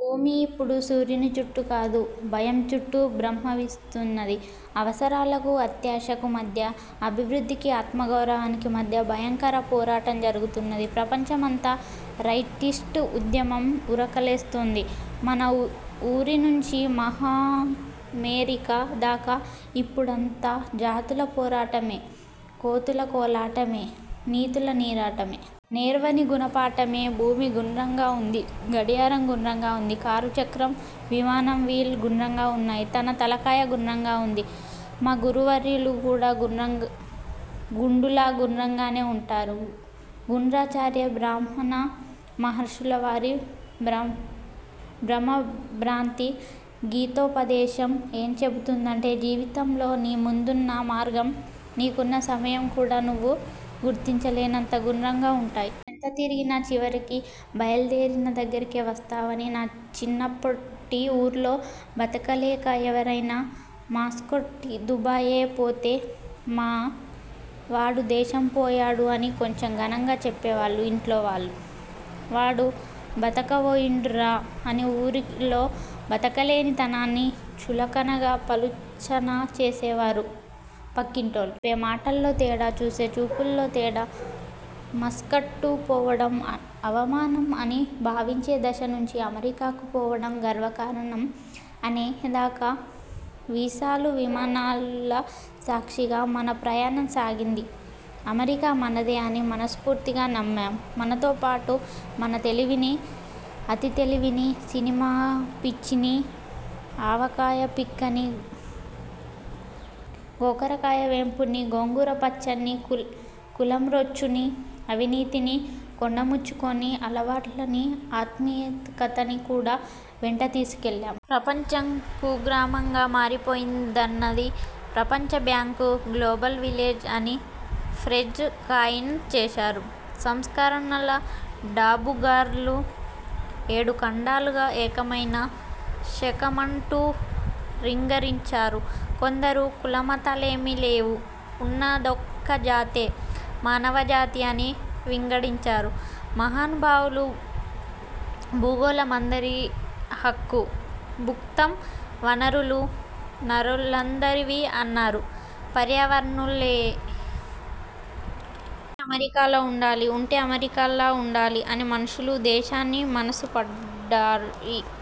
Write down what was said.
భూమి ఇప్పుడు సూర్యుని చుట్టూ కాదు, భయం చుట్టూ భ్రమ్మవిస్తున్నది. అవసరాలకు అత్యాశకు మధ్య, అభివృద్ధికి ఆత్మగౌరవానికి మధ్య భయంకర పోరాటం జరుగుతున్నది. ప్రపంచమంతా రైటిస్టు ఉద్యమం ఉరకలెస్తోంది. మన ఊరి నుంచి మహామెరికా దాకా ఇప్పుడంత జాతుల పోరాటమే! కోతుల కోలాటమే! నీతుల నీరాటమే! నేర్వని గుణ పాఠమే! భూమి గుండ్రంగా ఉంది. గడియారం గుండ్రంగా ఉంది. కారు చక్రం, విమానం వీల్ గుండ్రంగా ఉన్నాయి. మన తలకాయ గుండ్రంగా ఉంది. మా గురువర్యులు కూడా గుండులా గుండ్రంగానే ఉంటారు. గుండ్రాచార్య భ్రమణ మహర్షుల వారి భ్రమా భ్రాంతి గీతోపదేశం ఏం చెబుతుందంటే జీవితంలో నీ ముందున్న మార్గం, నీకున్న సమయం కూడా నువ్వు గుర్తించలేనంత గుండ్రంగా ఉంటాయి. ఎంత తిరిగినా, చివరికి బయల్దేరిన దగ్గరికే వస్తావని! నా చిన్నప్పుడు ఊర్లో బతకలేక ఎవరైనా మస్కటి, దుబాయో పోతే 'మా వాడు దేశం పోయాడు' అని కొంచెం ఘనంగా చెప్పేవాళ్లు ఇంట్లోవాళ్లు. 'వాడు బతకవోయిండురా' అని ఊరిలో బతకలేని తనాన్ని చులకనగా పలుచన చేసేవారు పక్కింటోళ్లు! చెప్పే మాటలో తేడా. చూసే చూపులో తేడా! మస్కట్కు పోవడం అవమానం అని భావించే దశ నుంచి, అమెరికాకు పోవడం గర్వకారణం అనే దాకా వీసాలు, విమానాల సాక్షిగా మన ప్రయాణం సాగింది. అమెరికా మనదే అని మనస్ఫూర్తిగా నమ్మాం. మనతో పాటు మన తెలివినీ, అతి తెలివినీ, సినిమా పిచ్చినీ, ఆవకాయ పిక్కనీ, గోకరకాయ వేపుడునీ, గోంగూర పచ్చడినీ, కులం రొచ్చునీ, అవినీతిని కొండముచ్చుకొనీ, అలవాట్లనీ, ఆత్మియకతనీ కూడా వెంట తీసుకువెళ్లాం. ప్రపంచం కుగ్రామంగా మారిపోయిందన్నది ప్రపంచ బ్యాంకు. గ్లోబల్ విలేజ్ అని ఫ్రేజ్ కాయిన్ చేశారు సంస్కరణల డాబుగార్లు. ఏడు ఖండాలూగ ఏకమైన శకమంటూ రింగరించారు కొందరు. కులమతాలేమీ లేవు, ఉన్నదొక్క జాతే. మానవ జాతి అని వింగడించారు మహానుభావులు భూగోళం అందరి హక్కు భుక్తం, వనరులు నరులందరివీ అన్నారు పర్యావర్ణ్లే. 'ఉంటే అమెరికాలో ఉండాలి. ఉంటే అమెరికాలా ఉండాలి'అని మనుషులు, దేశాన్ని మనసు పడ్డాయి.